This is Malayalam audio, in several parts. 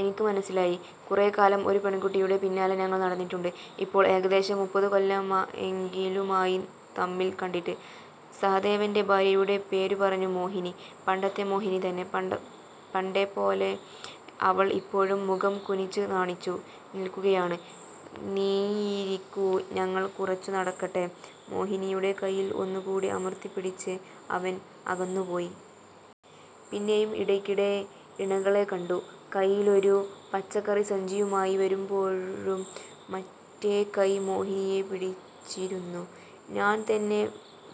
എനിക്ക് മനസ്സിലായി. കുറേക്കാലം ഒരു പെൺകുട്ടിയുടെ പിന്നാലെ ഞങ്ങൾ നടന്നിട്ടുണ്ട്. ഇപ്പോൾ ഏകദേശം മുപ്പതുകൊല്ലമെങ്കിലുമായി തമ്മിൽ കണ്ടിട്ട്. സഹദേവന്റെ ഭാര്യയുടെ പേരുപറഞ്ഞു:മോഹിനി. പണ്ടത്തെ മോഹിനി തന്നെ. പണ്ടേപ്പോലെ അവൾ ഇപ്പോഴും മുഖംകുനിച്ച് നാണിച്ചു നിൽക്കുകയാണ്. ''നീയിരിക്കൂ. ഞങ്ങൾ കുറച്ചുനടക്കട്ടെ. ''മോഹിനിയുടെ കൈയിൽ ഒന്നുകൂടി അമർത്തിപ്പിടിച്ച് അവൻ അകന്നുപോയി. പിന്നെയും ഇടയ്ക്കിടെ ഇണകളെ കണ്ടു. കൈയിലൊരു പച്ചക്കറിസഞ്ചിയുമായി വരുമ്പോഴും മറ്റേക്കൈ മോഹിനിയെ പിടിച്ചിരുന്നു. ''ഞാൻതന്നെ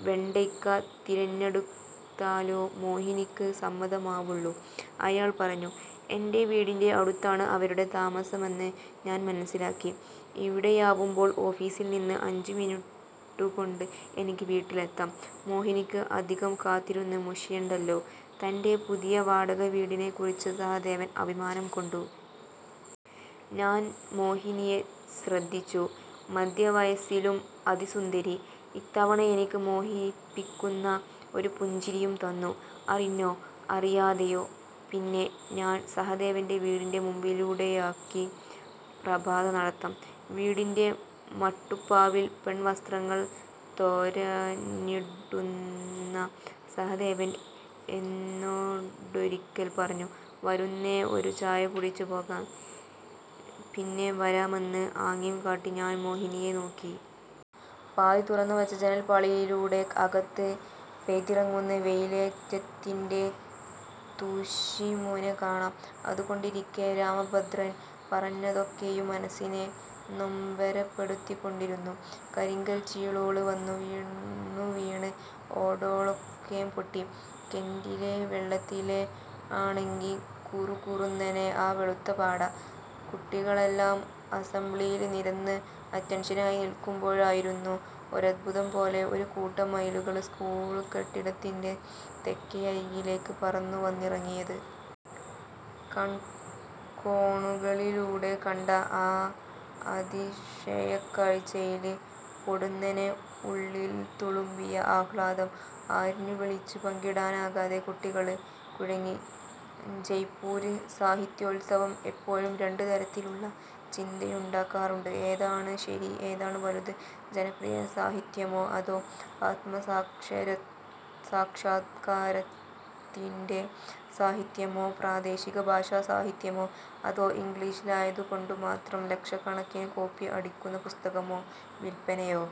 വെണ്ടയ്ക്ക തിരഞ്ഞെടുത്താലേ മോഹിനിക്ക് സമ്മതമാവുള്ളൂ'',അയാൾ പറഞ്ഞു. എന്റെ വീടിന്റെ അടുത്താണ് അവരുടെ താമസമെന്ന് ഞാൻ മനസ്സിലാക്കി. ''ഇവിടെയാവുമ്പോൾ ഓഫീസിൽനിന്ന് അഞ്ചുമിനിട്ടുകൊണ്ട് എനിക്ക് വീട്ടിലെത്താം. മോഹിനിക്ക് അധികം കാത്തിരുന്ന് മുഷിയണ്ടല്ലോ. '',തന്റെ പുതിയ വാടകവീടിനെക്കുറിച്ച് സഹദേവൻ അഭിമാനംകൊണ്ടു. ഞാൻ മോഹിനിയെ ശ്രദ്ധിച്ചു. മധ്യവയസ്സിലും അതിസുന്ദരി. ഇത്തവണ എനിക്ക് മോഹിപ്പിക്കുന്ന ഒരു പുഞ്ചിരിയും തന്നു. അറിഞ്ഞോ അറിയാതെയോ. പിന്നെ ഞാൻ സഹദേവന്റെ വീടിന്റെ മുമ്പിലൂടെയാക്കി പ്രഭാതനടത്തം. വീടിന്റെ മട്ടുപ്പാവിൽ പെൺവസ്ത്രങ്ങൾ തോരാനിടുന്ന സഹദേവൻ എന്നോടൊരിക്കൽ പറഞ്ഞു:''വരൂന്നേ, ഒരു ചായകുടിച്ചിട്ട് പോകാം. ''പിന്നെവരാമെന്ന് ആംഗ്യംകാട്ടി ഞാൻ മോഹിനിയെ നോക്കി. പാതി തുറന്നുവെച്ച ജനൽപ്പാളിയിലൂടെ അകത്ത് പെയ്തിറങ്ങുന്ന വെയിലേറ്റത്തിന്റെ തൂശിമുന കാണാം. അതുകണ്ടിരിക്കെ രാമഭദ്രൻ പറഞ്ഞതൊക്കെയും മനസ്സിനെ നൊമ്പരപ്പെടുത്തിക്കൊണ്ടിരുന്നു. ''കരിങ്കൽച്ചീളോള് വന്നു വീണുവീണ് ഓടോളൊക്കേം പൊട്ടി. കെന്റിലെ വെള്ളത്തിലാണങ്ങി കുറുകുറുന്നനെ ആ വെളുത്ത പാട. കുട്ടികളെല്ലാം അസംബ്ലിയില് നിരന്ന് അറ്റന്ഷനായി നില്ക്കുമ്പോഴായിരുന്നു ഒരദ്ഭുതംപോലെ, ഒരുകൂട്ടം മയിലുകള് സ്കൂള് കെട്ടിടത്തിന്റെ തെക്കേയരികിലേക്ക് പറന്നുവന്നിറങ്ങിയത്. കണ്കോണുകളിലൂടെ കണ്ട ആ അതിശയക്കാഴ്ചയില് പൊടുന്നനെ ഉള്ളില്ത്തുളുമ്പിയ ആഹ്ലാദം ആര്ത്തുവിളിച്ച് പങ്കിടാനാകാതെ കുട്ടികള് കുഴങ്ങി. ജയ്പൂര് സാഹിത്യോത്സവം എപ്പോഴും രണ്ട് തരത്തിലുള്ള ചിന്തയുണ്ടാക്കാറുണ്ട്:ഏതാണ് ശരി. ഏതാണ് വലുത്. ജനപ്രിയസാഹിത്യമോ അതോ'ആത്മസാക്ഷാത്കാര'ത്തിന്റെ സാഹിത്യമോ. പ്രാദേശിക ഭാഷാ സാഹിത്യമോ അതോ ഇംഗ്ലീഷിലായതുകൊണ്ടുമാത്രം ലക്ഷക്കണക്കിന് കോപ്പി അടിയ്ക്കുന്ന പുസ്തകമോ. വില്പ്പനയോ